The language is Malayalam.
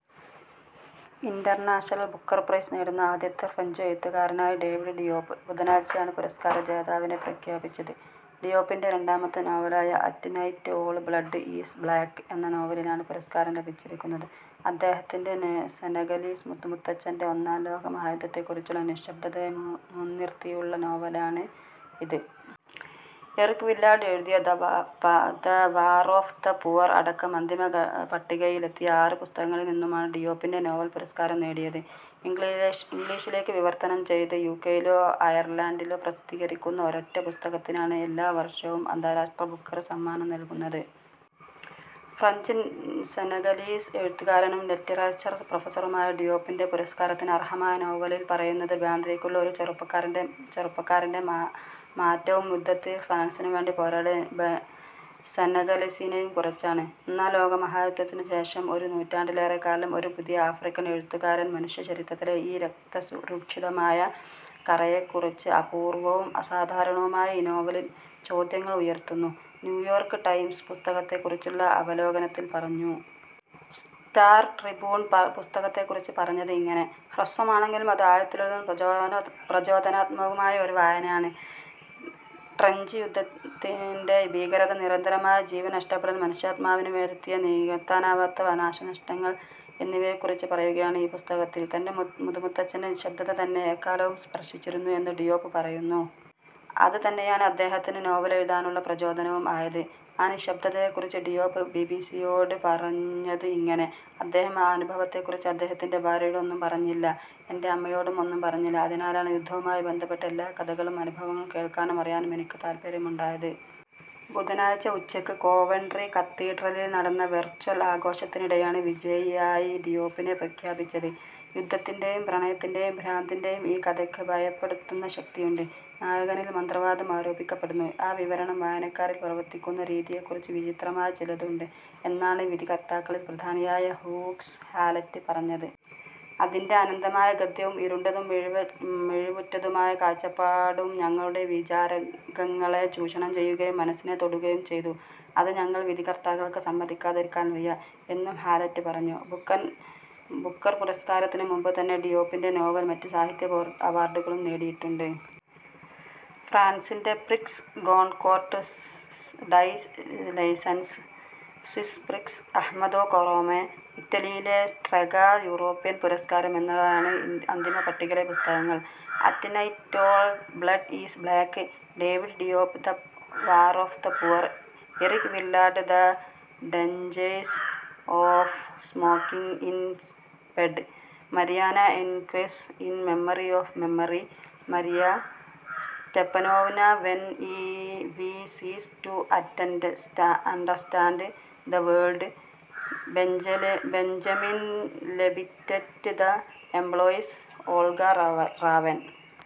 ഇന്‍റര്‍നാഷണല്‍ ബുക്കര്‍ പ്രൈസ് നേടുന്ന ആദ്യത്തെ ഫ്രഞ്ച് എഴുത്തുകാരനായി ഡേവിഡ് ഡിയോപ്. ബുധനാഴ്ചയാണ് പുരസ്കാര ജേതാവിനെ പ്രഖ്യാപിച്ചത്. ഡിയോപിന്‍റെ രണ്ടാമത്തെ നോവലായ ' at night all blood is black ' എന്ന നോവലിനാണ് പുരസ്കാരം ലഭിച്ചിരിക്കുന്നത്. അദ്ദേഹത്തിന്‍റെ സെനഗലീസ് മുതുമുത്തച്ഛന്‍റെ, ഒന്നാം ലോക മഹായുദ്ധത്തെ കുറിച്ചുള്ള നിശബ്ദതയെ മുന്നിര്‍ത്തിയുള്ള നോവലാണ് ഇത്. എറിക് വില്ലാർഡ് എഴുതിയ ' the war of the poor ' അടക്കം അന്തിമപട്ടികയിൽ എത്തിയ ആറ് പുസ്തകങ്ങളിൽ നിന്നുമാണ് ഡിയോപിന്‍റെ നോവല്‍ പുരസ്കാരം നേടിയത്. ഇംഗ്ലീഷിലേക്ക് വിവർത്തനം ചെയ്ത് യുകെയിലോ അയർലൻഡിലോ പ്രസിദ്ധീകരിക്കുന്ന ഒരൊറ്റ പുസ്തകത്തിനാണ് എല്ലാ വർഷവും അന്താരാഷ്ട്ര ബുക്കർ സമ്മാനം നൽകുന്നത്. ഫ്രഞ്ച്-സെനഗലീസ് എഴുത്തുകാരനും ലിറ്ററേച്ചർ പ്രൊഫസറുമായ ഡിയോപിന്‍റെ, പുരസ്കാരത്തിന് അര്‍ഹമായ നോവലില്‍ പറയുന്നത് ഭ്രാന്തിലേക്കുള്ള ഒരു ചെറുപ്പക്കാരന്‍റെ മാറ്റവും യുദ്ധത്തില്‍ ഫ്രാന്‍സിനുവേണ്ടി പോരാടിയ സെനഗലീസിനെയും കുറിച്ചാണ്. ' ഒന്നാം ലോകമഹായുദ്ധത്തിന് ശേഷം ഒരു നൂറ്റാണ്ടിലേറെ കാലം- ഒരു പുതിയ ആഫ്രിക്കൻ എഴുത്തുകാരൻ മനുഷ്യചരിത്രത്തിലെ ഈ രക്തരൂക്ഷിതമായ കറയെക്കുറിച്ച് അപൂർവവും അസാധാരണവുമായ ഈ നോവലിൽ ചോദ്യങ്ങൾ ഉയര്‍ത്തുന്നു ' -ന്യൂയോർക്ക് ടൈംസ് പുസ്തകത്തെ കുറിച്ചുള്ള അവലോകനത്തിൽ പറഞ്ഞു. സ്റ്റാർ ട്രിബ്യൂൺ പുസ്തകത്തെ കുറിച്ച് പറഞ്ഞത് ഇങ്ങനെ: ' ഹ്രസ്വമാണെങ്കിലും, അത് ആഴത്തിലുള്ളതും പ്രചോദനാത്മകവുമായ ഒരു വായനയാണ്. ട്രെഞ്ച് യുദ്ധത്തിന്‍റെ ഭീകരത, നിരന്തരമായ ജീവൻ നഷ്ടപ്പെടൽ, മനുഷ്യാത്മാവിനു വരുത്തിയ നികത്താനാവാത്ത നാശനഷ്ടങ്ങൾ എന്നിവയെ കുറിച്ച് പറയുകയാണ് ഈ പുസ്തകത്തിൽ '. തന്‍റെ മുതുമുത്തച്ഛന്‍റെ നിശബ്ദത തന്നെ എക്കാലവും സ്പർശിച്ചിരുന്നു എന്ന് ഡിയോപ് പറയുന്നു. അത് തന്നെയാണ് അദ്ദേഹത്തിന് നോവലെഴുതാനുള്ള പ്രചോദനവും ആയത്. ആ നിശബ്ദതയെ കുറിച്ച് ഡിയോപ് ബിബിസിയോട് പറഞ്ഞത് ഇങ്ങനെ, ' അദ്ദേഹം ആ അനുഭവത്തെ കുറിച്ച് അദ്ദേഹത്തിന്‍റെ ഭാര്യയോട് ഒന്നും പറഞ്ഞില്ല, എന്‍റെ അമ്മയോടും ഒന്നും പറഞ്ഞില്ല. അതിനാലാണ് യുദ്ധവുമായി ബന്ധപ്പെട്ട എല്ലാ കഥകളും അനുഭവങ്ങളും കേള്‍ക്കാനും അറിയാനും എനിക്ക് താല്പര്യമുണ്ടായത്. ' ബുധനാഴ്ച ഉച്ചയ്ക്ക് കോവെൻട്രി കത്തീഡ്രലിൽ നടന്ന വെർച്വൽ ആഘോഷത്തിനിടെയാണ് വിജയിയായി ഡിയോപിനെ പ്രഖ്യാപിച്ചത്. ' യുദ്ധത്തിന്‍റെയും പ്രണയത്തിന്‍റെയും ഭ്രാന്തിന്‍റെയും ഈ കഥയ്ക്ക് ഭയപ്പെടുത്തുന്ന ശക്തിയുണ്ട്. നായകനിൽ മന്ത്രവാദം ആരോപിക്കപ്പെടുന്നു, ആ വിവരണം വായനക്കാരിൽ പ്രവർത്തിക്കുന്ന രീതിയെക്കുറിച്ച് വിചിത്രമായ ചിലത് ഉണ്ട് ' എന്നാണ് വിധികർത്താക്കളിൽ പ്രധാനിയായ ഹ്യൂഗ്സ് ഹാലറ്റ് പറഞ്ഞത്. ' അതിന്‍റെ അനന്തമായ ഗദ്യവും ഇരുണ്ടതും മിഴിവുറ്റതുമായ കാഴ്ചപ്പാടും ഞങ്ങളുടെ വികാരങ്ങളെ ചൂഷണം ചെയ്യുകയും മനസിനെ തൊടുകയും ചെയ്തു. അത് ഞങ്ങൾ വിധികർത്താക്കൾക്ക് സമ്മതിക്കാതിരിക്കാൻ വയ്യ ' എന്നും ഹാലറ്റ് പറഞ്ഞു. ബുക്കര്‍ പുരസ്കാരത്തിന് മുമ്പ് തന്നെ, ഡിയോപ്പിന്‍റെ നോവൽ മറ്റ് സാഹിത്യ അവാർഡുകളും നേടിയിട്ടുണ്ട്. ഫ്രാൻസിന്‍റെ ' Prix Goncourt des Lycéens ',' Swiss Prix Ahmadou Kourouma ', ഇറ്റലിയിലെ ' സ്ട്രെഗ യൂറോപ്യൻ പുരസ്കാരം ' എന്നിവയാണത്. അന്തിമപട്ടികയിലെ പുസ്തകങ്ങൾ: at night all blood is black – David Diop the war of the poor – Eric Vuillard the dangers of smoking in‍ bed – Mariana Enriquez ഇന്‍ memory of memory – Maria Stepanova when വീ സീസ് to understand the World – Benjamin Labatut The Employees – Olga Raven.